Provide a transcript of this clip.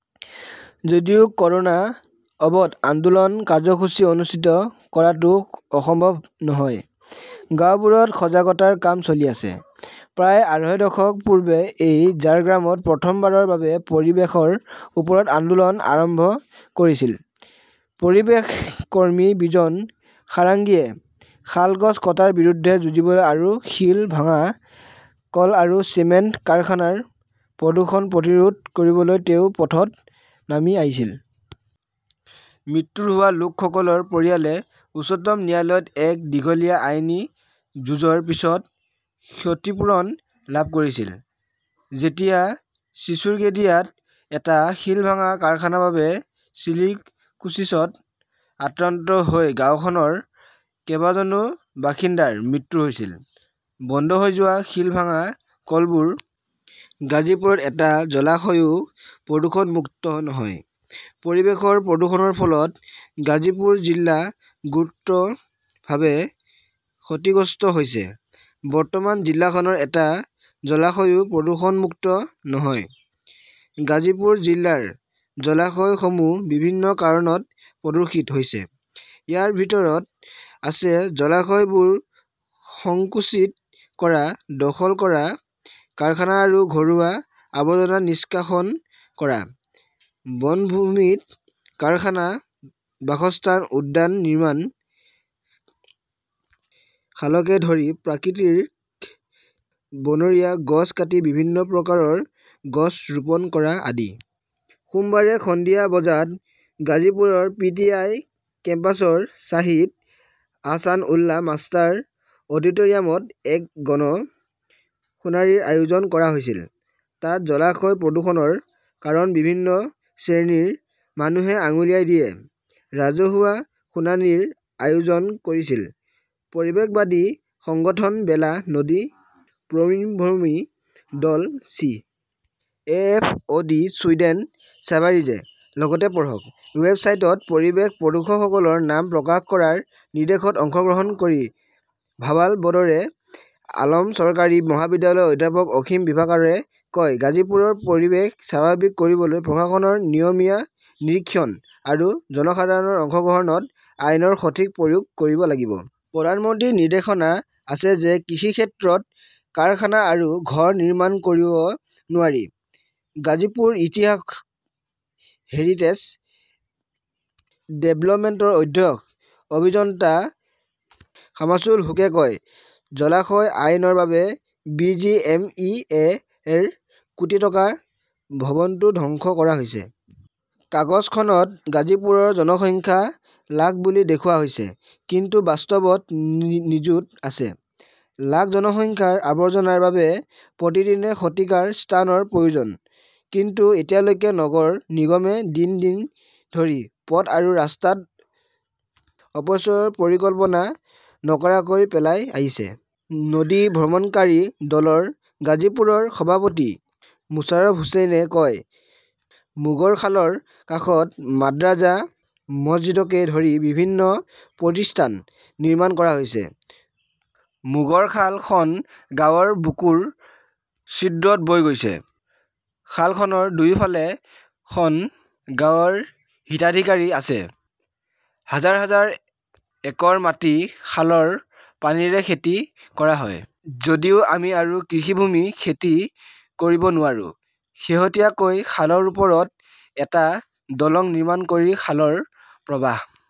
যদিও ক "ৰোনা অৱত আন্দোলন কাৰ্যসূচী অনুষ্ঠিত কৰাটো সম্ভৱ নহয়, গাওঁবোৰত সজাগতাৰ কাম চলি আছে। "প্ৰায় আঢ়ৈ দশক পূৰ্বে এই ঝাৰগ্ৰামত প্ৰথমবাৰৰ বাবে পৰিৱেশৰ ওপৰত আন্দোলন আৰম্ভ কৰিছিল পৰিৱেশ কৰ্মী বিজন সাৰাংগীয়ে। শাল গছ কটাৰ বিৰুদ্ধে যুঁজিবলৈ আৰু শিল ভাঙা কল আৰু চিমেণ্ট কাৰখানাৰ প্ৰদূষণ প্ৰতিৰোধ কৰিবলৈ তেওঁ পথত নামি আহিছিল। মৃত্যু হোৱা লোকসকলৰ পৰিয়ালে উচ্চতম ন্যায়ালয়ত এক দীঘলীয়া আইনী যুঁজৰ পিছত ক্ষতিপূৰণ লাভ কৰিছিল যেতিয়া ছিচুৰগেডিয়াত এটা শিল ভাঙা কাৰখানাৰ বাবে চিলিকোচিছত আক্ৰান্ত হৈ গাওঁখনৰ কেইবাজনো বাসিন্দাৰ মৃত্যু হৈছিল। বন্ধ হৈ যোৱা শিল ভাঙা কলবোৰ। গাজীপুৰত এটা জলাশয়ও প্ৰদূষণমুক্ত নহয়। পৰিৱেশৰ প্ৰদূষণৰ ফলত গাজীপুৰ জিলা গুৰুতৰভাৱে ক্ষতিগ্ৰস্ত হৈছে। বৰ্তমান জিলাখনৰ এটা জলাশয়ও প্ৰদূষণমুক্ত নহয়। গাজীপুৰ জিলাৰ জলাশয়সমূহ বিভিন্ন কাৰণত প্ৰদূষিত হৈছে। ইয়াৰ ভিতৰত আছে জলাশয়বোৰ সংকুচিত কৰা, দখল কৰা, কাৰখানা আৰু ঘৰুৱা আৱৰ্জনা নিষ্কাশন কৰা, বনভূমিত কাৰখানা, বাসস্থান, উদ্যান নিৰ্মাণ, শালকে ধৰি প্ৰাকৃতিক বনৰীয়া গছ কাটি বিভিন্ন প্ৰকাৰৰ গছ ৰোপণ কৰা আদি। সোমবাৰে সন্ধিয়া বজাত গাজীপুৰৰ পি. টি. আই. কেম্পাছৰ শ্বাহিদ আহছান উল্লা মাষ্টাৰ অডিট "ৰিয়ামত এক গণ শুনানিৰ আয়োজন কৰা হৈছিল। তাত জলাশয় প্ৰদূষণৰ কাৰণ বিভিন্ন শ্ৰেণীৰ মানুহে আঙুলিয়াই দিয়ে। ৰাজহুৱা শুনানিৰ আয়োজন কৰিছিল পৰিৱেশবাদী সংগঠন বেলা, নদী পৰিভ্ৰমী দল, C. A. F. O '. D., Sweden ছেভাৰিজে। লগতে পঢ়কঃ ৱেবছাইটত পৰিৱেশ প্ৰদূষকসকলৰ নাম প্ৰকাশ কৰাৰ নিৰ্দেশত অংশগ্ৰহণ কৰি ভাৱাল বদৰে আলম চৰকাৰী মহাবিদ্যালয়ৰ অধ্যাপক অসীম বিভাকাৰে কয়, "গাজীপুৰৰ পৰিৱেশ স্বাভাৱিক কৰিবলৈ প্ৰশাসনৰ নিয়মীয়া নিৰীক্ষণ আৰু জনসাধাৰণৰ অংশগ্ৰহণত আইনৰ সঠিক প্ৰয়োগ কৰিব লাগিব। প্ৰধানমন্ত্ৰীৰ নিৰ্দেশনা আছে যে কৃষিক্ষেত্ৰত কাৰখানা আৰু ঘৰ নিৰ্মাণ কৰিব নোৱাৰি। "গাজীপুৰ ইতিহাস হেৰিটেজ ডেভেলপমেণ্টৰ অধ্যক্ষ অভিযন্তা শামছুল হুকে কয়", জলাশয় আইনৰ বাবে B. G. M. E. A. -ৰ কোটি টকাৰ ভৱনটো ধ্বংস কৰা হৈছে। কাগজখনত গাজীপুৰৰ জনসংখ্যা লাখ বুলি দেখুওৱা হৈছে। কিন্তু বাস্তৱত নিযুত আছে। লাখ জনসংখ্যাৰ আৱৰ্জনাৰ বাবে প্ৰতিদিনে শতিকাৰ স্থানৰ প্ৰয়োজন। কিন্তু এতিয়ালৈকে নগৰ নিগমে দিন দিন ধৰি পথ আৰু ৰাস্তাত অপচয়ৰ পৰিকল্পনা নকৰাকৈ পেলাই আহিছে। "নদী ভ্ৰমণকাৰী দলৰ গাজীপুৰৰ সভাপতি মোছাৰফ হুচেইনে কয়", "মোগৰখালৰ কাষত মাদ্ৰাজা-মছজিদকে ধৰি বিভিন্ন প্ৰতিষ্ঠান নিৰ্মাণ কৰা হৈছে। " মোগৰখাল খন গাঁৱৰ বুকুৰ ছিদ্ৰত বৈ গৈছে। খালখনৰ দুয়োফালে খন গাঁৱৰ হিতাধিকাৰী আছে। হাজাৰ হাজাৰ একৰ মাটি খালৰ পানীৰে খেতি কৰা হয়। যদিও আমি আৰু কৃষিভূমি খেতি কৰিব নোৱাৰো। শেহতীয়াকৈ খালৰ ওপৰত এটা দলং নিৰ্মাণ কৰি খালৰ প্ৰৱাহ